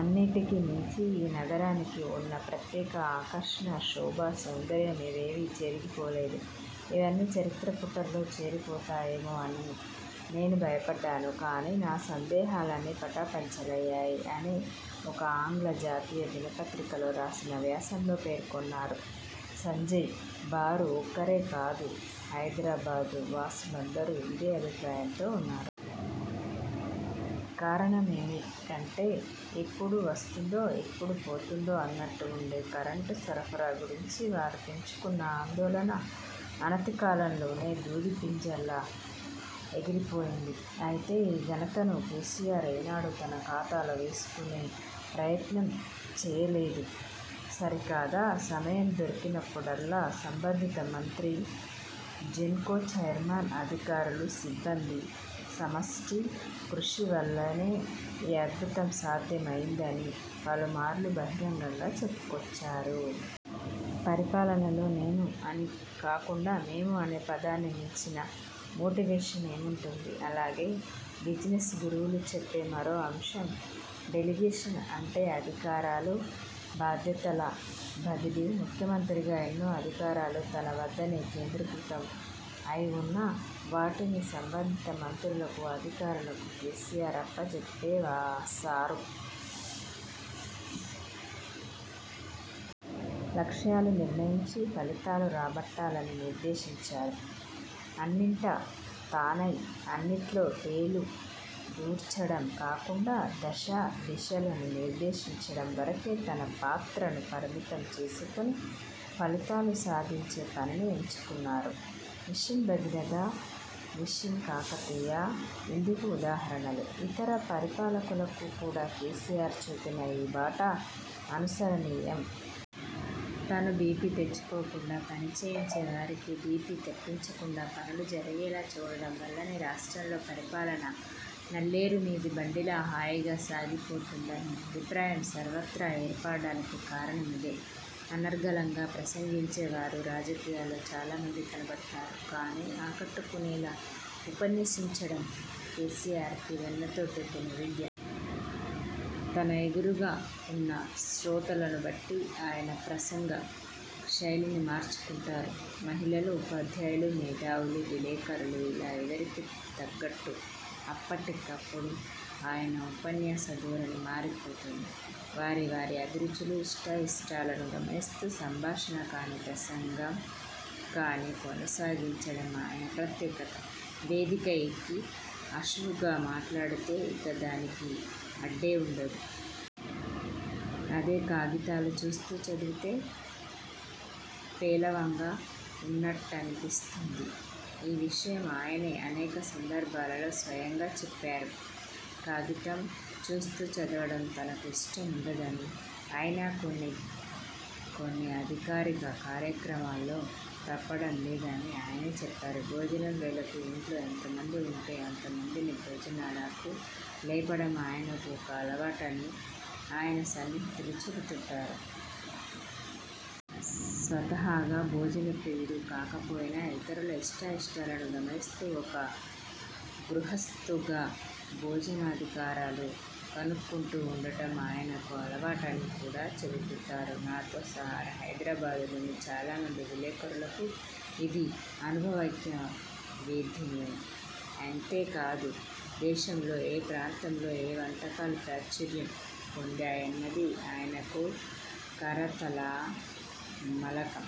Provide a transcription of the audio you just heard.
అన్నింటికీ మించి ఈ నగరానికి వున్న ప్రత్యేక ఆకర్షణ, శోభ, సౌందర్యం ఇవేవీ చెరిగిపోలేదు. ఇవన్నీ చరిత్ర పుటల్లో చేరిపోతాయేమో అని నేను భయపడ్డాను. కానీ నా సందేహాలన్నీ పటాపంచలయ్యాయి'' అని ఒక ఆంగ్ల జాతీయ దినపత్రికలో రాసిన వ్యాసంలో పేర్కొన్నారు. సంజయ్ బారు ఒక్కరే కాదు, హైదరాబాదు వాసులందరూ ఇదే అభిప్రాయంతో వున్నారు. కారణం ఏమిటంటే, ఎప్పుడు వస్తుందో, ఎప్పుడు పోతుందో అన్నట్టు వుండే కరెంటు సరఫరా గురించి వారు పెంచుకున్న ఆందోళన అనతికాలంలోనే దూదిపింజలా ఎగిరిపోయింది. అయితే ఈ ఘనతను కేసీఆర్ ఏనాడూ తన ఖాతాలో వేసుకునే ప్రయత్నం చేయలేదు. సరికదా, సమయం దొరికినప్పుడల్లా సంబంధిత మంత్రి, జెన్కో చైర్మన్, అధికారులు, సిబ్బంది సమష్టి కృషి వల్లనే ఈ 'అద్భుతం' సాధ్యం అయిందని పలుమార్లు బహిరంగంగా చెప్పుకొచ్చారు. పరిపాలనలో 'నేను' అని కాకుండా 'మేము' అనే పదాన్ని మించిన మోటివేషన్ ఏముంటుంది? అలాగే, బిజినెస్ గురువులు చెప్పే మరో అంశం డెలిగేషన్. అంటే అధికారాలు, బాధ్యతల బదిలీ. ముఖ్యమంత్రిగా ఎన్నో అధికారాలు తనవద్దనే కేంద్రీకృతం అయివున్నా వాటిని సంబంధిత మంత్రులకు, అధికారులకు కేసీఆర్ అప్పచెప్పేసారు. లక్ష్యాలు నిర్ణయించి, ఫలితాలు రాబట్టాలని నిర్దేశించారు. అన్నింటా తానయి, అన్నిట్లో వేలు దూర్చడం కాకుండా దశ, దిశలను నిర్దేశించడం వరకే తన పాత్రను పరిమితం చేసుకుని ఫలితాలు సాధించే పనిని ఎంచుకున్నారు. మిషన్ భగీరథ, మిషన్ కాకతీయ ఇందుకు ఉదాహరణలు. ఇతర పరిపాలకులకు కూడా కేసీఆర్ చూపిన ఈ బాట అనుసరణీయం. తను బీపీ తెచ్చుకోకుండా, పనిచేయించేవారికి బీపీ తెప్పించకుండా పనులు జరిగేలా చూడడం వల్లనే రాష్ట్రంలో పరిపాలన నల్లేరు మీది బండిలా హాయిగా సాగిపోతోందనే అభిప్రాయం సర్వత్రా ఏర్పడడానికి కారణం ఇదే. అనర్ఘళంగా ప్రసంగించేవారు రాజకీయాల్లో చాలామంది కనబడతారు. కానీ ఆకట్టుకునేలా ఉపన్యసించడం కేసీఆర్కి వెన్నతో పెట్టిన విద్య. తన ఎదురుగా వున్నశ్రోతలను బట్టి ఆయన ప్రసంగ శైలిని మార్చుకుంటారు. మహిళలు, ఉపాధ్యాయులు, మేధావులు, విలేకరులు ఇలా ఎవరికి తగ్గట్టు అప్పటికప్పుడు ఆయన ఉపన్యాస ధోరణి మారిపోతుంది. వారి వారి అభిరుచులు, ఇష్టాయిఇష్టాలను గమనిస్తూ సంభాషణ కానీ ప్రసంగం కానీ కొనసాగించడం ఆయన ప్రత్యేకత. వేదిక ఎక్కి ఆశువుగా మాట్లాడితే ఇక దానికి అడ్డే వుండదు. అదే కాగితాలు చూస్తూ చదివితే పేలవంగా వున్నట్టనిపిస్తుంది. ఈ విషయం ఆయనే అనేక సందర్భాలలో స్వయంగా చెప్పారు. కాగితం చూస్తూ చదవడం తనకు ఇష్టం ఉండదని, అయినా కొన్ని కొన్ని అధికారిక కార్యక్రమాల్లో తప్పడం లేదని ఆయనే చెప్పారు. భోజనం వేళకు ఇంట్లో ఎంతమంది వుంటే అంతమందిని భోజనాలకు లేపడం ఆయనకు ఓ అలవాటని ఆయన సన్నిహితులు చెబుతుంటారు. స్వతహాగా భోజన ప్రియుడు కాకపోయినా ఇతరుల ఇష్టాయిష్టాలను గమనిస్తూ ఒక గృహస్తుగా భోజనాదికాలు కనుక్కుంటూ వుండడం ఆయనకు అలవాటని కూడా చెబుతూంటారు. నాతో సహా హైదరాబాదులోని చాలామంది విలేకరులకు ఇది అనుభవైకవేద్యమే. అంతే కాదు, దేశంలో ఏ ప్రాంతంలో ఏ వంటకాలు ప్రాచుర్యం పొందాయన్నది ఆయనకు కరతలామలకం.